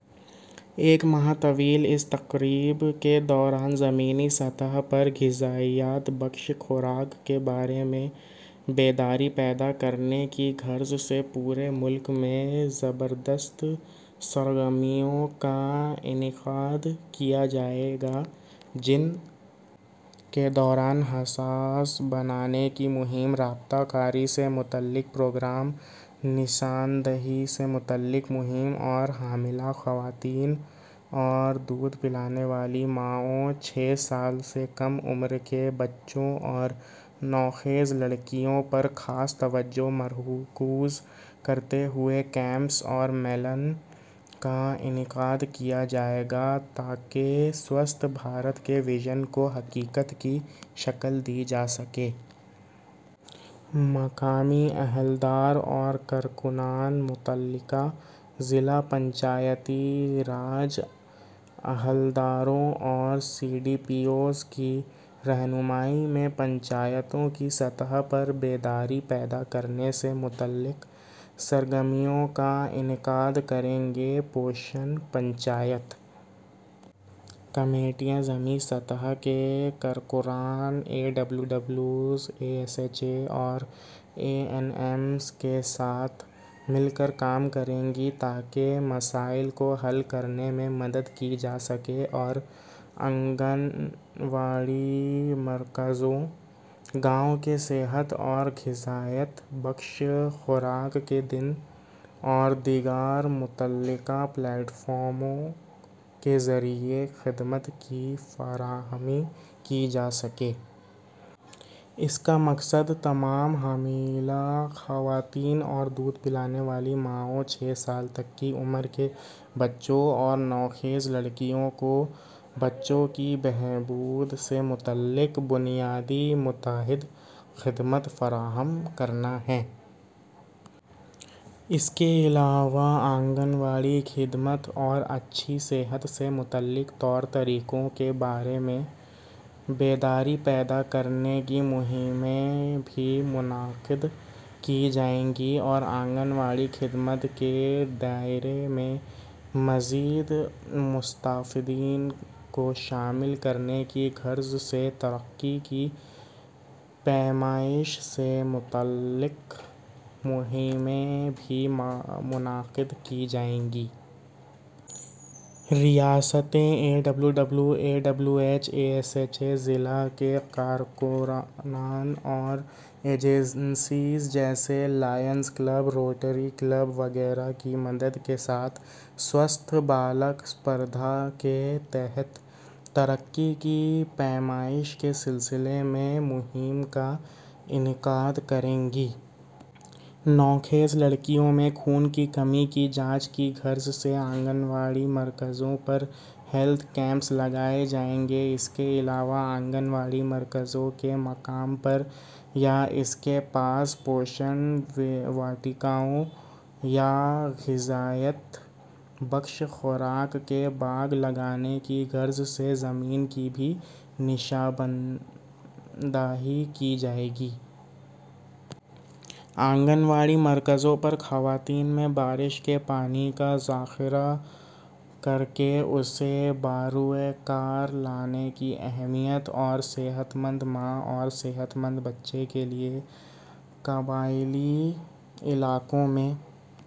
ایک ماہ طویل اس تقریب کے دوران زمینی سطح پر تغذیہ بخش خوراک کے بارے میں بیداری پیدا کرنے کی غرض سے پورے ملک میں زبردست سرگرمیوں کا انعقاد کیا جائے گا، جن کے دوران حساس بنانے کی مہم، رابطہ کاری سے متعلق پروگرام، نشاندہی سے متعلق مہم اور حاملہ خواتین اور دودھ پلانے والی ماؤں، چھ سال سے کم عمر کے بچوں اور نوخیز لڑکیوں پر خصوصی توجہ مرکوز کرتے ہوئے کیمپوں اور میلوں کا انعقاد کیا جائے گا، تاکہ ’’سوستھ بھارت‘‘ کے وژن کو حقیقت کی شکل دی جا سکے۔ مقامی عہدیدار اور کارکنان، متعلقہ ضلع پنچایتی راج عہدیداروں اور سی ڈی پی اوز کی رہنمائی میں پنچایتوں کی سطح پر بیداری پیدا کرنے سے متعلق سرگرمیوں کا انعقاد کریں گے۔ پوشن پنچایت کمیٹیاں زمینی سطح کے کارکنان، اے ڈبلیو ڈبلیوز، آشا اور اے این ایم کے ساتھ مل کر کام کریں گی، تاکہ مسائل کو حل کرنے میں مدد کی جا سکے اور آنگن واڑی مراکز، گاؤں کے صحت اور تغذیہ بخش خوراک کے دن اور دیگر متعلقہ پلیٹ فارموں کے ذریعے خدمات کی فراہمی کی جا سکے۔ اس کا مقصد تمام حاملہ خواتین اور دودھ پلانے والی ماؤں، چھ سال تک کی عمر کے بچوں اور نوخیز لڑکیوں کو بچوں کی بہبود سے متعلق بنیادی مربوط خدمات فراہم کرنا ہے۔ اس کے علاوہ آنگن واڑی خدمات اور اچھی صحت سے متعلق طور طریقوں کے بارے میں بیداری پیدا کرنے کی مہمیں بھی منعقد کی جائیں گی اور آنگن واڑی خدمات کے دائرے میں مزید مستفیدین کو شامل کرنے کی غرض سے ترقی کی پیمائش سے متعلق مہمیں بھی منعقد کی جائیں گی۔ ریاستیں A W W, A W H, ASHA, ضلع کے کارکنان اور ایجنسیوں جیسے لائنز کلب، روٹری کلب وغیرہ کی مدد کے ساتھ ’’سوستھ بالک اسپردھا‘‘ کے تحت ترقی کی پیمائش کے سلسلے میں مہم کا انعقاد کریں گی۔ نوخیز لڑکیوں میں خون کی کمی کی جانچ کی غرض سے آنگن واڑی مراکز پر ہیلتھ کیمپ لگائے جائیں گے۔ اس کے علاوہ آنگن واڑی مراکز کے مقام پر یا اس کے پاس پوشن واٹیکاؤں یا تغذیہ بخش خوراک کے باغ لگانے کی غرض سے زمین کی بھی نشاندہی کی جائے گی۔ آنگن واڑی مراکز پر خواتین میں بارش کے پانی کا ذخیرہ کرکے اسے بروئے کار لانے کی اہمیت اور صحت مند ماں اور صحت مند بچے کے لیے قبائلی علاقوں میں۔